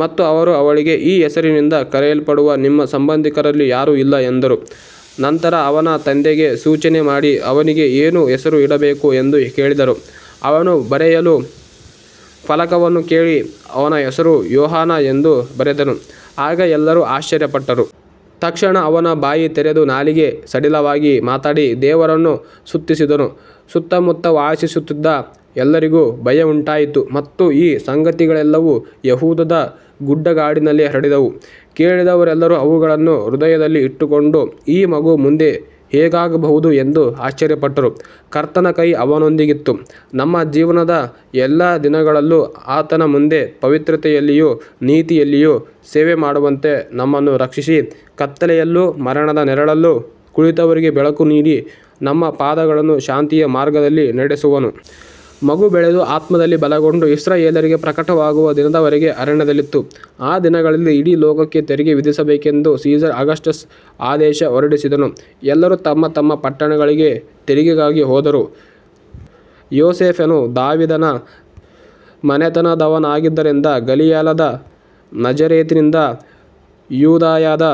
ಮತ್ತು ಅವರು ಅವಳಿಗೆ, ಈ ಹೆಸರಿನಿಂದ ಕರೆಯಲ್ಪಡುವ ನಿಮ್ಮ ಸಂಬಂಧಿಕರಲ್ಲಿ ಯಾರೂ ಇಲ್ಲ ಎಂದರು. ನಂತರ ಅವನ ತಂದೆಗೆ ಸೂಚನೆ ಮಾಡಿ, ಅವನಿಗೆ ಏನು ಹೆಸರು ಇಡಬೇಕು ಎಂದು ಕೇಳಿದರು. ಅವನು ಬರೆಯಲು ಫಲಕವನ್ನು ಕೇಳಿ, ಅವನ ಹೆಸರು ಯೋಹಾನ ಎಂದು ಬರೆದನು. ಆಗ ಎಲ್ಲರೂ ಆಶ್ಚರ್ಯಪಟ್ಟರು. ತಕ್ಷಣ ಅವನ ಬಾಯಿ ತೆರೆದು ನಾಲಿಗೆ ಸಡಿಲವಾಗಿ ಮಾತಾಡಿ ದೇವರನ್ನು ಸ್ತುತಿಸಿದನು. ಸುತ್ತಮುತ್ತ ವಾಸಿಸುತ್ತಿದ್ದ ಎಲ್ಲರಿಗೂ ಭಯವುಂಟಾಯಿತು ಮತ್ತು ಈ ಸಂಗತಿಗಳೆಲ್ಲವೂ ಯೆಹೂದದ ಗುಡ್ಡನಾಡಿನಲ್ಲಿ ಹರಡಿದವು. ಕೇಳಿದವರೆಲ್ಲರೂ ಅವುಗಳನ್ನು ಹೃದಯದಲ್ಲಿ ಇಟ್ಟುಕೊಂಡು, ಈ ಮಗು ಮುಂದೆ ಹೇಗಾಗಬಹುದು ಎಂದು ಆಶ್ಚರ್ಯಪಟ್ಟರು. ಕರ್ತನ ಕೈ ಅವನೊಂದಿಗಿತ್ತು. ನಮ್ಮ ಜೀವನದ ಎಲ್ಲಾ ದಿನಗಳಲ್ಲೂ ಆತನ ಮುಂದೆ ಪವಿತ್ರತೆಯಲ್ಲಿಯೂ ನೀತಿಯಲ್ಲಿಯೂ ಸೇವೆಮಾಡುವಂತೆ ನಮ್ಮನ್ನು ರಕ್ಷಿಸಿ, ಕತ್ತಲೆಯಲ್ಲೂ ಮರಣದ ನೆರಳಲ್ಲೂ ಕುಳಿತವರಿಗೆ ಬೆಳಕು ನೀಡಿ, ನಮ್ಮ ಪಾದಗಳನ್ನು ಶಾಂತಿಯ ಮಾರ್ಗದಲ್ಲಿ ನಡೆಸುವನು. ಮಗು ಬೆಳೆದು ಆತ್ಮದಲ್ಲಿ ಬಲಗೊಂಡು, ಇಸ್ರಾಯೇಲ್ಯರಿಗೆ ಪ್ರಕಟವಾಗುವ ದಿನದವರೆಗೆ ಅರಣ್ಯದಲ್ಲಿತ್ತು. ಆ ದಿನಗಳಲ್ಲಿ ಇಡೀ ಲೋಕಕ್ಕೆ ತೆರಿಗೆ ವಿಧಿಸಬೇಕೆಂದು ಸೀಸರ್ ಅಗಸ್ಟಸ್ ಆದೇಶ ಹೊರಡಿಸಿದನು. ಎಲ್ಲರೂ ತಮ್ಮ ತಮ್ಮ ಪಟ್ಟಣಗಳಿಗೆ ತೆರಿಗೆಗಾಗಿ ಹೋದರು. ಯೋಸೇಫನು ದಾವೀದನ ಮನೆತನದವನಾಗಿದ್ದರಿಂದ ಗಲಿಲಾಯದ ನಜರೇತಿನಿಂದ ಯೂದಾಯದ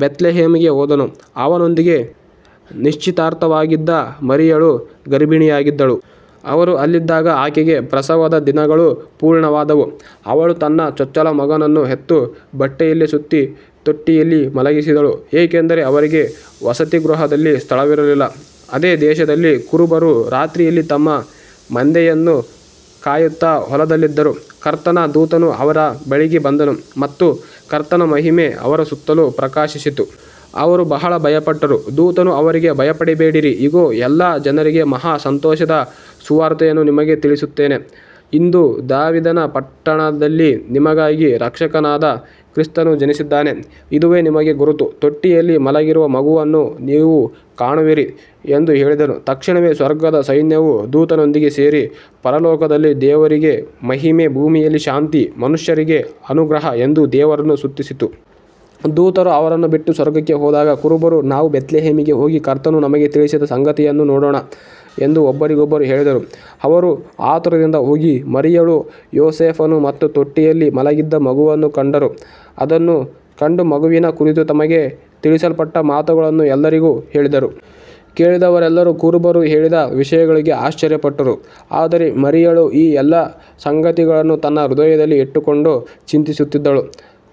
ಬೆತ್ಲೆಹೇಮಿಗೆ ಹೋದನು. ಅವನೊಂದಿಗೆ ನಿಶ್ಚಿತಾರ್ಥವಾಗಿದ್ದ ಮರಿಯಳು ಗರ್ಭಿಣಿಯಾಗಿದ್ದಳು. ಅವರು ಅಲ್ಲಿದ್ದಾಗ ಆಕೆಗೆ ಪ್ರಸವದ ದಿನಗಳು ಪೂರ್ಣವಾದವು. ಅವಳು ತನ್ನ ಚೊಚ್ಚಲ ಮಗನನ್ನು ಹೆತ್ತು, ಬಟ್ಟೆಯಲ್ಲಿ ಸುತ್ತಿ ತೊಟ್ಟಿಯಲ್ಲಿ ಮಲಗಿಸಿದಳು, ಏಕೆಂದರೆ ಅವರಿಗೆ ವಸತಿಗೃಹದಲ್ಲಿ ಸ್ಥಳವಿರಲಿಲ್ಲ. ಅದೇ ದೇಶದಲ್ಲಿ ಕುರುಬರು ರಾತ್ರಿಯಲ್ಲಿ ತಮ್ಮ ಮಂದೆಯನ್ನು ಕಾಯುತ್ತಾ ಹೊಲದಲ್ಲಿದ್ದರು. ಕರ್ತನ ದೂತನು ಅವರ ಬಳಿಗೆ ಬಂದನು ಮತ್ತು ಕರ್ತನ ಮಹಿಮೆ ಅವರ ಸುತ್ತಲೂ ಪ್ರಕಾಶಿಸಿತು. ಅವರು ಬಹಳ ಭಯಪಟ್ಟರು. ದೂತನು ಅವರಿಗೆ, ಭಯಪಡಬೇಡಿರಿ, ಇಗೋ, ಎಲ್ಲಾ ಜನರಿಗೆ ಮಹಾ ಸಂತೋಷದ ಸುವಾರ್ತೆಯನ್ನು ನಿಮಗೆ ತಿಳಿಸುತ್ತೇನೆ. ಇಂದು ದಾವೀದನ ಪಟ್ಟಣದಲ್ಲಿ ನಿಮಗಾಗಿ ರಕ್ಷಕನಾದ ಕ್ರಿಸ್ತನು ಜನಿಸಿದ್ದಾನೆ. ಇದುವೇ ನಿಮಗೆ ಗುರುತು, ತೊಟ್ಟಿಯಲ್ಲಿ ಮಲಗಿರುವ ಮಗುವನ್ನು ನೀವು ಕಾಣುವಿರಿ ಎಂದು ಹೇಳಿದನು. ತಕ್ಷಣವೇ ಸ್ವರ್ಗದ ಸೈನ್ಯವು ದೂತನೊಂದಿಗೆ ಸೇರಿ, ಪರಲೋಕದಲ್ಲಿ ದೇವರಿಗೆ ಮಹಿಮೆ, ಭೂಮಿಯಲ್ಲಿ ಶಾಂತಿ, ಮನುಷ್ಯರಿಗೆ ಅನುಗ್ರಹ ಎಂದು ದೇವರನ್ನು ಸ್ತುತಿಸಿತು. ದೂತರು ಅವರನ್ನು ಬಿಟ್ಟು ಸ್ವರ್ಗಕ್ಕೆ ಹೋದಾಗ ಕುರುಬರು, ನಾವು ಬೆತ್ಲೆಹೇಮಿಗೆ ಹೋಗಿ ಕರ್ತನು ನಮಗೆ ತಿಳಿಸಿದ ಸಂಗತಿಯನ್ನು ನೋಡೋಣ ಎಂದು ಒಬ್ಬರಿಗೊಬ್ಬರು ಹೇಳಿದರು. ಅವರು ಆತುರದಿಂದ ಹೋಗಿ ಮರಿಯಳು, ಯೋಸೇಫನು ಮತ್ತು ತೊಟ್ಟಿಯಲ್ಲಿ ಮಲಗಿದ್ದ ಮಗುವನ್ನು ಕಂಡರು. ಅದನ್ನು ಕಂಡು ಮಗುವಿನ ಕುರಿತು ತಮಗೆ ತಿಳಿಸಲ್ಪಟ್ಟ ಮಾತುಗಳನ್ನು ಎಲ್ಲರಿಗೂ ಹೇಳಿದರು. ಕೇಳಿದವರೆಲ್ಲರೂ ಕುರುಬರು ಹೇಳಿದ ವಿಷಯಗಳಿಗೆ ಆಶ್ಚರ್ಯಪಟ್ಟರು. ಆದರೆ ಮರಿಯಳು ಈ ಎಲ್ಲಾ ಸಂಗತಿಗಳನ್ನು ತನ್ನ ಹೃದಯದಲ್ಲಿ ಇಟ್ಟುಕೊಂಡು ಚಿಂತಿಸುತ್ತಿದ್ದಳು.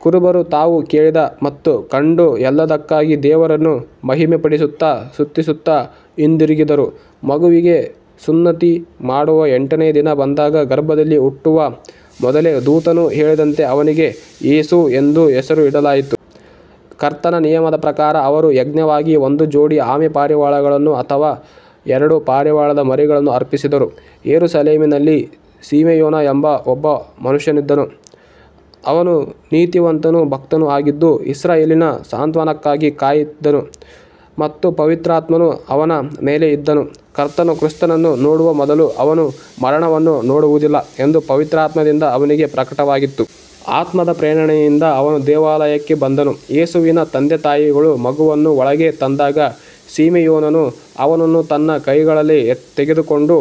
ಕುರುಬರು ತಾವು ಕೇಳಿದ ಮತ್ತು ಕಂಡ ಎಲ್ಲದಕ್ಕಾಗಿ ದೇವರನ್ನು ಮಹಿಮೆಪಡಿಸುತ್ತಾ ಸ್ತುತಿಸುತ್ತಾ ಹಿಂದಿರುಗಿದರು. ಮಗುವಿಗೆ ಸುನ್ನತಿ ಮಾಡುವ ಎಂಟನೇ ದಿನ ಬಂದಾಗ, ಗರ್ಭದಲ್ಲಿ ಹುಟ್ಟುವ ಮೊದಲೇ ದೂತನು ಹೇಳಿದಂತೆ ಅವನಿಗೆ ಯೇಸು ಎಂದು ಹೆಸರು ಇಡಲಾಯಿತು. ಕರ್ತನ ನಿಯಮದ ಪ್ರಕಾರ ಅವರು ಯಜ್ಞವಾಗಿ ಒಂದು ಜೋಡಿ ಆಮೆಪಾರಿವಾಳಗಳನ್ನು ಅಥವಾ ಎರಡು ಪಾರಿವಾಳದ ಮರಿಗಳನ್ನು ಅರ್ಪಿಸಿದರು. ಯೆರೂಸಲೇಮಿನಲ್ಲಿ ಸಿಮೆಯೋನ ಎಂಬ ಒಬ್ಬ ಮನುಷ್ಯನಿದ್ದನು. ಅವನು ನೀತಿವಂತನೂ ಭಕ್ತನೂ ಆಗಿದ್ದು, ಇಸ್ರಾಯೇಲಿನ ಸಾಂತ್ವನಕ್ಕಾಗಿ ಕಾಯುತ್ತಿದ್ದನು ಮತ್ತು ಪವಿತ್ರಾತ್ಮನು ಅವನ ಮೇಲೆ ಇದ್ದನು. ಕರ್ತನ ಕ್ರಿಸ್ತನನ್ನು ನೋಡುವ ಮೊದಲು ಅವನು ಮರಣವನ್ನು ನೋಡುವುದಿಲ್ಲ ಎಂದು ಪವಿತ್ರಾತ್ಮದಿಂದ ಅವನಿಗೆ ಪ್ರಕಟವಾಗಿತ್ತು. ಆತ್ಮದ ಪ್ರೇರಣೆಯಿಂದ ಅವನು ದೇವಾಲಯಕ್ಕೆ ಬಂದನು. ಯೇಸುವಿನ ತಂದೆತಾಯಿಗಳು ಮಗುವನ್ನು ಒಳಗೆ ತಂದಾಗ ಸಿಮೆಯೋನನು ಅವನನ್ನು ತನ್ನ ಕೈಗಳಲ್ಲಿ ತೆಗೆದುಕೊಂಡು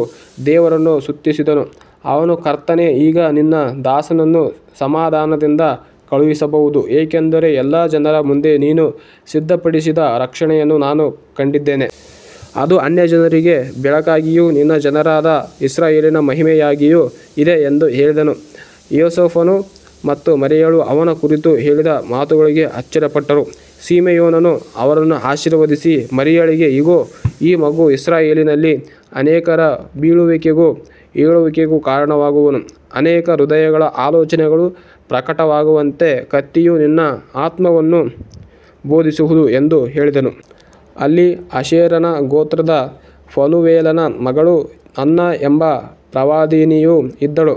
ದೇವರನ್ನು ಸ್ತುತಿಸಿದನು. ಅವನು, ಕರ್ತನೇ, ಈಗ ನಿನ್ನ ದಾಸನನ್ನು ಸಮಾಧಾನದಿಂದ ಕಳುಹಿಸಬಹುದು, ಏಕೆಂದರೆ ಎಲ್ಲಾ ಜನರ ಮುಂದೆ ನೀನು ಸಿದ್ಧಪಡಿಸಿದ ರಕ್ಷಣೆಯನ್ನು ನಾನು ಕಂಡಿದ್ದೇನೆ. ಅದು ಅನ್ಯಜನರಿಗೆ ಬೆಳಕಾಗಿಯೂ ನಿನ್ನ ಜನರಾದ ಇಸ್ರಾಯೇಲಿನ ಮಹಿಮೆಯಾಗಿಯೂ ಇದೆ ಎಂದು ಹೇಳಿದನು. ಯೋಸೇಫನು ಮತ್ತು ಮರಿಯಳು ಅವನ ಕುರಿತು ಹೇಳಿದ ಮಾತುಗಳಿಗೆ ಆಶ್ಚರ್ಯಪಟ್ಟರು. ಸಿಮೆಯೋನನು ಅವರನ್ನು ಆಶೀರ್ವದಿಸಿ ಮರಿಯಳಿಗೆ, ಇಗೋ, ಈ ಮಗು ಇಸ್ರಾಯೇಲಿನಲ್ಲಿ ಅನೇಕರ ಬೀಳುವಿಕೆಗೂ ಏಳುವಿಕೆಗೂ ಕಾರಣವಾಗುವನು. ಅನೇಕ ಹೃದಯಗಳ ಆಲೋಚನೆಗಳು ಪ್ರಕಟವಾಗುವಂತೆ ಕತ್ತಿಯು ನಿನ್ನ ಆತ್ಮವನ್ನೂ ಭೇದಿಸುವುದು ಎಂದು ಹೇಳಿದನು. ಅಲ್ಲಿ ಆಶೇರನ ಗೋತ್ರದ ಫನೂವೇಲನ ಮಗಳು ಅನ್ನ ಎಂಬ ಪ್ರವಾದಿನಿಯೂ ಇದ್ದಳು.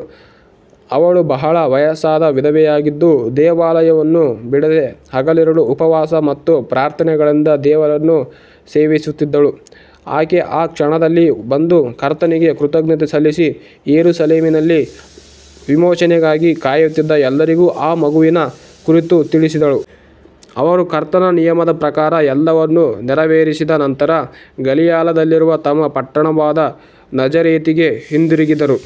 ಅವಳು ಬಹಳ ವಯಸ್ಸಾದ ವಿಧವೆಯಾಗಿದ್ದು, ದೇವಾಲಯವನ್ನು ಬಿಡದೆ ಹಗಲಿರುಳು ಉಪವಾಸ ಮತ್ತು ಪ್ರಾರ್ಥನೆಗಳಿಂದ ದೇವರನ್ನು ಸೇವಿಸುತ್ತಿದ್ದಳು. ಆಕೆ ಆ ಕ್ಷಣದಲ್ಲಿ ಬಂದು ಕರ್ತನಿಗೆ ಕೃತಜ್ಞತೆ ಸಲ್ಲಿಸಿ, ಯೆರೂಸಲೇಮಿನಲ್ಲಿ ವಿಮೋಚನೆಗಾಗಿ ಕಾಯುತ್ತಿದ್ದ ಎಲ್ಲರಿಗೂ ಆ ಮಗುವಿನ ಕುರಿತು ತಿಳಿಸಿದಳು. ಅವರು ಕರ್ತನ ನಿಯಮದ ಪ್ರಕಾರ ಎಲ್ಲವನ್ನೂ ನೆರವೇರಿಸಿದ ನಂತರ ಗಲಿಲಾಯದಲ್ಲಿರುವ ತಮ್ಮ ಪಟ್ಟಣವಾದ ನಜರೇತಿಗೆ ಹಿಂದಿರುಗಿದರು.